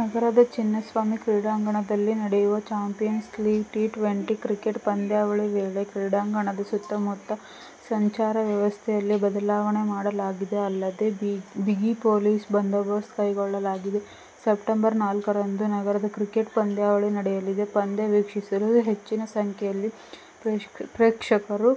ನಗರದ ಚಿನ್ನಸ್ವಾಮಿ ಕ್ರೀಡಾಂಗಣದಲ್ಲಿ ನಡೆಯುವ 'ಚಾಂಪಿಯನ್ಸ್ ಲೀಗ್ ಟಿ-ಟ್ವೆಂಟಿ' ಕ್ರಿಕೆಟ್ ಪಂದ್ಯಾವಳಿ ವೇಳೆ ಕ್ರೀಡಾಂಗಣದ ಸುತ್ತಮುತ್ತ ಸಂಚಾರ ವ್ಯವಸ್ಥೆಯಲ್ಲಿ ಬದಲಾವಣೆ ಮಾಡಲಾಗಿದೆ. ಅಲ್ಲದೆ ಬಿಗಿ ಪೊಲೀಸ್ ಬಂದೋಬಸ್ತ್ ಕೈಗೊಳ್ಳಲಾಗಿದೆ. ಸೆಪ್ಟೆಂಬರ್ ನಾಲ್ಕರಂದು ನಗರದಲ್ಲಿ ಕ್ರಿಕೆಟ್ ಪಂದ್ಯಾವಳಿ ನಡೆಯಲಿದೆ. ಪಂದ್ಯ ವೀಕ್ಷಿಸಲು ಹೆಚ್ಚಿನ ಸಂಖ್ಯೆಯಲ್ಲಿ ಪ್ರೇಕ್ಷಕರು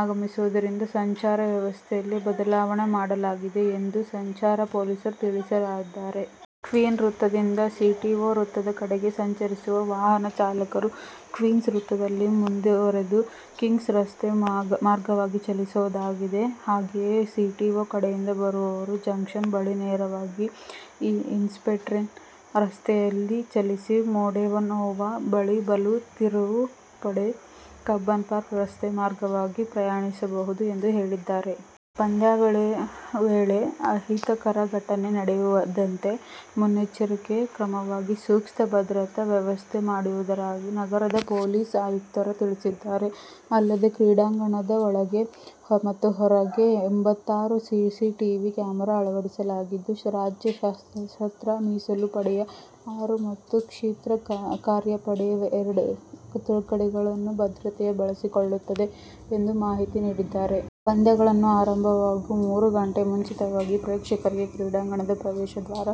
ಆಗಮಿಸುವುದರಿಂದ ಸಂಚಾರ ವ್ಯವಸ್ಥೆಯಲ್ಲಿ ಬದಲಾವಣೆ ಮಾಡಲಾಗಿದೆ ಎಂದು ಸಂಚಾರ ಪೊಲೀಸರು ತಿಳಿಸಿದ್ದಾರೆ. ಕ್ವೀನ್ಸ್ ವೃತ್ತದಿಂದ ಸಿಟಿಓ ವೃತ್ತದ ಕಡೆಗೆ ಸಂಚರಿಸುವ ವಾಹನ ಚಾಲಕರು ಕ್ವೀನ್ಸ್ ವೃತ್ತದಲ್ಲಿ ಮುಂದುವರಿದು, ಕಿಂಗ್ಸ್ ರಸ್ತೆ ಮಾರ್ಗವಾಗಿ ಚಲಿಸಬಹುದಾಗಿದೆ. ಹಾಗೆಯೇ ಸಿಟಿಓ ಕಡೆಯಿಂದ ಬರುವವರು ಜಂಕ್ಷನ್ ಬಳಿ ನೇರವಾಗಿ ಇನ್ಫೆಂಟ್ರಿ ರಸ್ತೆಯಲ್ಲಿ ಚಲಿಸಿ, ಮೆಡಿನೋವಾ ಬಳಿ ಬಲ ತಿರುವು ಪಡೆದು ಕಬ್ಬನ್ ಪಾರ್ಕ್ ರಸ್ತೆ ಮಾರ್ಗವಾಗಿ ಪ್ರಯಾಣಿಸಬಹುದು ಎಂದು ಹೇಳಿದ್ದಾರೆ. ಪಂದ್ಯಾವಳಿ ವೇಳೆ ಅಹಿತಕರ ಘಟನೆ ನಡೆಯದಂತೆ ಮುನ್ನೆಚ್ಚರಿಕೆ ಕ್ರಮವಾಗಿ ಸೂಕ್ತ ಭದ್ರತಾ ವ್ಯವಸ್ಥೆ ಮಾಡಿರುವುದಾಗಿ ನಗರ ಪೊಲೀಸ್ ಆಯುಕ್ತರು ತಿಳಿಸಿದ್ದಾರೆ. ಅಲ್ಲದೆ ಕ್ರೀಡಾಂಗಣದ ಒಳಗೆ ಮತ್ತು ಹೊರಗೆ ಎಂಭತ್ತಾರು ಸಿಸಿಟೀವಿ ಕ್ಯಾಮೆರಾ ಅಳವಡಿಸಲಾಗಿದ್ದು, ರಾಜ್ಯ ಸಶಸ್ತ್ರ ಮೀಸಲು ಪಡೆಯ ಆರು ಮತ್ತು ಕ್ಷಿಪ್ರ ಕಾರ್ಯಪಡೆಯ ಎರಡು ತುಕಡಿಗಳನ್ನು ಭದ್ರತೆಗೆ ಬಳಸಿಕೊಳ್ಳಲಾಗುತ್ತದೆ ಎಂದು ಮಾಹಿತಿ ನೀಡಿದ್ದಾರೆ. ಪಂದ್ಯಗಳು ಆರಂಭವಾಗುವ ಮೂರು ಗಂಟೆ ಮುಂಚಿತವಾಗಿ ಪ್ರೇಕ್ಷಕರಿಗೆ ಕ್ರೀಡಾಂಗಣ ಪ್ರವೇಶ ದ್ವಾರ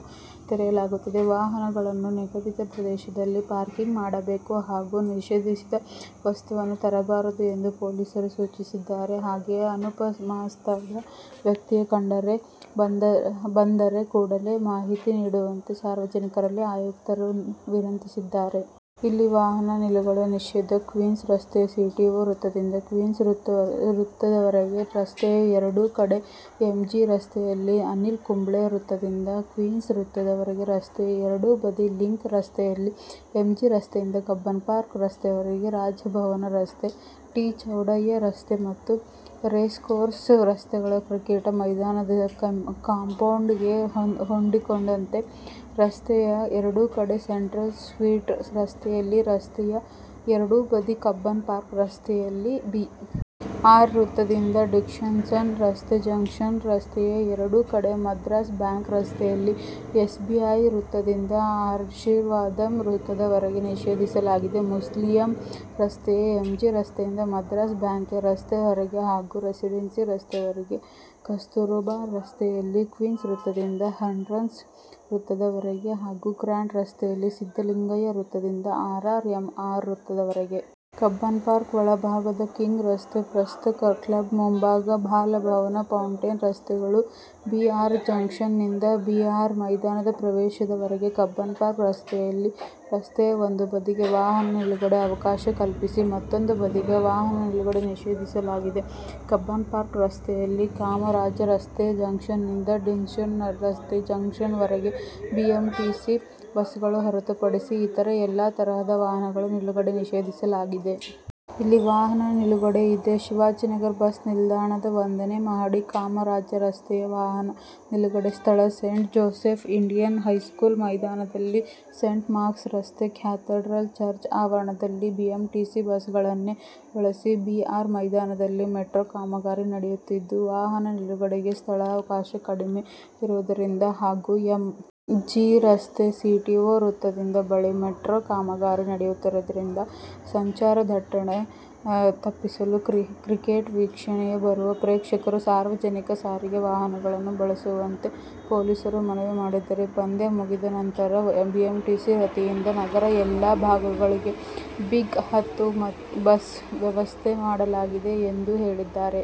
ತೆರೆಯಲಾಗುತ್ತದೆ. ವಾಹನಗಳನ್ನು ನಿಗದಿತ ಪ್ರದೇಶದಲ್ಲಿ ಪಾರ್ಕಿಂಗ್ ಮಾಡಬೇಕು ಹಾಗೂ ನಿಷೇಧಿತ ವಸ್ತು ತರಬಾರದು ಎಂದು ಪೊಲೀಸರು ಸೂಚಿಸಿದ್ದಾರೆ. ಹಾಗೆಯೇ ಅನುಮಾನಾಸ್ಪದ ವ್ಯಕ್ತಿಗಳು ಕಂಡು ಬಂದರೆ ಕೂಡಲೇ ಮಾಹಿತಿ ನೀಡುವಂತೆ ಸಾರ್ವನಿಕರಲ್ಲಿ ಆಯುಕ್ತರು ವಿನಂತಿಸಿದ್ದಾರೆ. ಇಲ್ಲಿ ವಾಹನ ನಿಲುಗಡೆ ನಿಷೇಧ ಕ್ವೀನ್ಸ್ ರಸ್ತೆಯಲ್ಲಿ ಸಿಟಿಓ ವೃತ್ತದಿಂದ ಕ್ವೀನ್ಸ್ ವೃತ್ತದವರೆಗೆ ರಸ್ತೆಯ ಎರಡು ಕಡೆ-ಎಂ. ಜಿ ರಸ್ತೆಯಲ್ಲಿ ಅನಿಲ್ ಕುಂಬ್ಳೆ ವೃತ್ತದಿಂದ ಕ್ವೀನ್ಸ್ ವೃತ್ತದವರೆಗೆ ರಸ್ತೆಯ ಎರಡು ಬದಿ-ಲಿಂಕ್ ರಸ್ತೆಯಲ್ಲಿ ಎಂ. ಜಿ ರಸ್ತೆಯಿಂದ ಕಬ್ಬನ್ ಪಾರ್ಕ್ ರಸ್ತೆವರೆಗೆ-ರಾಜಭವನ ರಸ್ತೆ, ಟಿ. ಚೌಡಯ್ಯ ರಸ್ತೆ ಮತ್ತು ರೇಸ್ ಕೋರ್ಸ್ ರಸ್ತೆಗಳಲ್ಲಿ ಕ್ರಿಕೆಟ್ ಮೈದಾನದ ಕಾಂಪೌಂಡಿಗೆ ಹೊಂದಿಕೊಂಡಂತೆ ರಸ್ತೆಯ ಎರಡು ಕಡೆ-ಸೆಂಟ್ರಲ್ ಸ್ಟ್ರೀಟ್ ರಸ್ತೆಯಲ್ಲಿ ರಸ್ತೆಯ ಎರಡು ಬದಿ ಕಬ್ಬನ್ ಪಾರ್ಕ್ ರಸ್ತೆಯಲ್ಲಿ ಬಿ. ಆರ್. ವೃತ್ತದಿಂದ ಡಿಕನ್ಸನ ರಸ್ತೆ ಜಂಕ್ಷನ್ವರೆಗೆ ರಸ್ತೆಯ ಎರಡೂ ಕಡೆ ಮದ್ರಾಸ್ ಬ್ಯಾಂಕ್ ರಸ್ತೆಯಲ್ಲಿ ಎಸ್. ಬಿ. ಐ ವೃತ್ತದಿಂದ ಆಶೀರ್ವಾದಂ ವೃತ್ತದ ವರೆಗೆ ನಿಷೇಧಿಸಲಾಗಿದೆ. ಮ್ಯೂಸಿಯಂ ರಸ್ತೆಯಲ್ಲಿ ಎಂ. ಜಿ ರಸ್ತೆಯಿಂದ ಮದ್ರಾಸ್ ಬ್ಯಾಂಕ್ ರಸ್ತೆ ವರೆಗೆ ಹಾಗೂ ರೆಸಿಡೆನ್ಸಿ ರಸ್ತೆವರೆಗೆ, ಕಸ್ತೂರಬಾ ರಸ್ತೆಯಲ್ಲಿ ಕ್ವೀನ್ಸ್ ವೃತ್ತದಿಂದ ಹಡ್ಸನ್ ವೃತ್ತದ ವರೆಗೆ ಹಾಗೂ ಗ್ರ್ಯಾಂಡ್ ರಸ್ತೆಯಲ್ಲಿ ಸಿದ್ದಲಿಂಗಯ್ಯ ವೃತ್ತದಿಂದ ಅರ್ ಆರ್ ಎಂ ಆರ್ ವೃತ್ತದವರೆಗೆ. ಕಬ್ಬನ್ಪಾರ್ಕ್ ಒಳಭಾಗದ ಕಿಂಗ್ ರಸ್ತೆ, ಪ್ರಸ್ ಕ್ಲಬ್ ಮುಂಭಾಗ, ಬಾಲಭವನ ಪೌಂಟೇನ್ ರಸ್ತೆಗಳು-ಬಿ. ಆರ್. ಜಂಕ್ಷನ್ನಿಂದ, ಬಿ. ಆರ್. ಮೈದಾನದ ಪ್ರವೇಶವರೆಗೆ ಕಬ್ಬನ್ ಪಾರ್ಕ್ ರಸ್ತೆಯಲ್ಲಿ ರಸ್ತೆಯ ಒಂದು ಬದಿಗೆ ವಾಹನ ನಿಲುಗಡೆಗೆ ಅವಕಾಶ ಕಲ್ಪಿಸಿ ಮತ್ತೂಂದು ಬದಿಗೆ ವಾಹನ ನಿಲುಗಡೆ ನಿಷೇಧಿಸಲಾಗಿದೆ. ಕಬ್ಬನ್ ಪಾರ್ಕ್ ರಸ್ತೆಯಲ್ಲಿ ಕಾಮರಾಜರಸ್ತೆ ಜಂಕ್ಷನ್ನಿಂದ ಡಿಕನ್ಸ್ಟ್ರಕ್ಟ್ ರಸ್ತೆ ಜಂಕ್ಷನ್ವರೆಗೆ ಬಿಎಂಟಿಸಿ ಬಸ್ಗಳನ್ನು ಹೊರತುಪಡಿಸಿ ಇತರೆ ಎಲ್ಲಾ ತರಹದ ವಾಹನಗಳ ನಿಲುಗಡೆ ನಿಷೇಧಿಸಲಾಗಿದೆ. ಇಲ್ಲಿ ವಾಹನ ನಿಲುಗಡೆ ಇದೆ, ಶಿವಾಜಿನಗರ ಬಸ್ ನಿಲ್ದಾಣದ ಒಂದನೇ ಮಹಡಿ ಕಾಮರಾಜರಸ್ತೆಯ ವಾಹನ ನಿಲುಗಡೆ ಸ್ಥಳ ಸೇಂಟ್ ಜೋಸೆಫ್ ಇಂಡಿಯನ್ ಹೈಸ್ಕೂಲ್ ಮೈದಾನದಲ್ಲಿ ಸೇಂಟ್ ಮಾರ್ಕ್ಸ್ ರಸ್ತೆ ಕ್ಯಾಥಡ್ರಲ್ ಚರ್ಚ್ ಆವರಣದಲ್ಲಿ ಬಿಎಂಟಿಸಿ ಬಸ್ಗಳನ್ನೇ ಬಳಸಿ ಬಿ. ಆರ್. ಮೈದಾನದಲ್ಲಿ ಮೆಟ್ರೋ ಕಾಮಗಾರಿ ನಡೆಯುತ್ತಿದ್ದು, ವಾಹನ ನಿಲುಗಡೆಗೆ ಸ್ಥಳಾವಕಾಶ ಕಡಿಮೆ ಇರುವುದರಿಂದ ಹಾಗೂ ಎಂ. ಜಿ. ರಸ್ತೆ ಸಿಟಿಓ ವೃತ್ತದ ಬಳಿ ಮೆಟ್ರೋ ಕಾಮಗಾರಿ ನಡೆಯುತ್ತಿರುವುದರಿಂದ ಸಂಚಾರ ದಟ್ಟಣೆ ತಪ್ಪಿಸಲು ಕ್ರಿಕೆಟ್ ವೀಕ್ಷಣೆಗೆ ಬರುವ ಪ್ರೇಕ್ಷಕರು ಸಾರ್ವಜನಿಕ ಸಾರಿಗೆ ವಾಹನಗಳನ್ನು ಬಳಸುವಂತೆ ಪೊಲೀಸರು ಮನವಿ ಮಾಡಿದ್ದಾರೆ. ಪಂದ್ಯ ಮುಗಿದ ನಂತರ ಬಿಎಂಟಿಸಿ ವತಿಯಿಂದ ನಗರದ ಎಲ್ಲಾ ಭಾಗಗಳಿಗೂ ಬಿಗ್-ಹತ್ತು ಬಸ್ ವ್ಯವಸ್ಥೆ ಮಾಡಲಾಗಿದೆ ಎಂದು ಹೇಳಿದ್ದಾರೆ.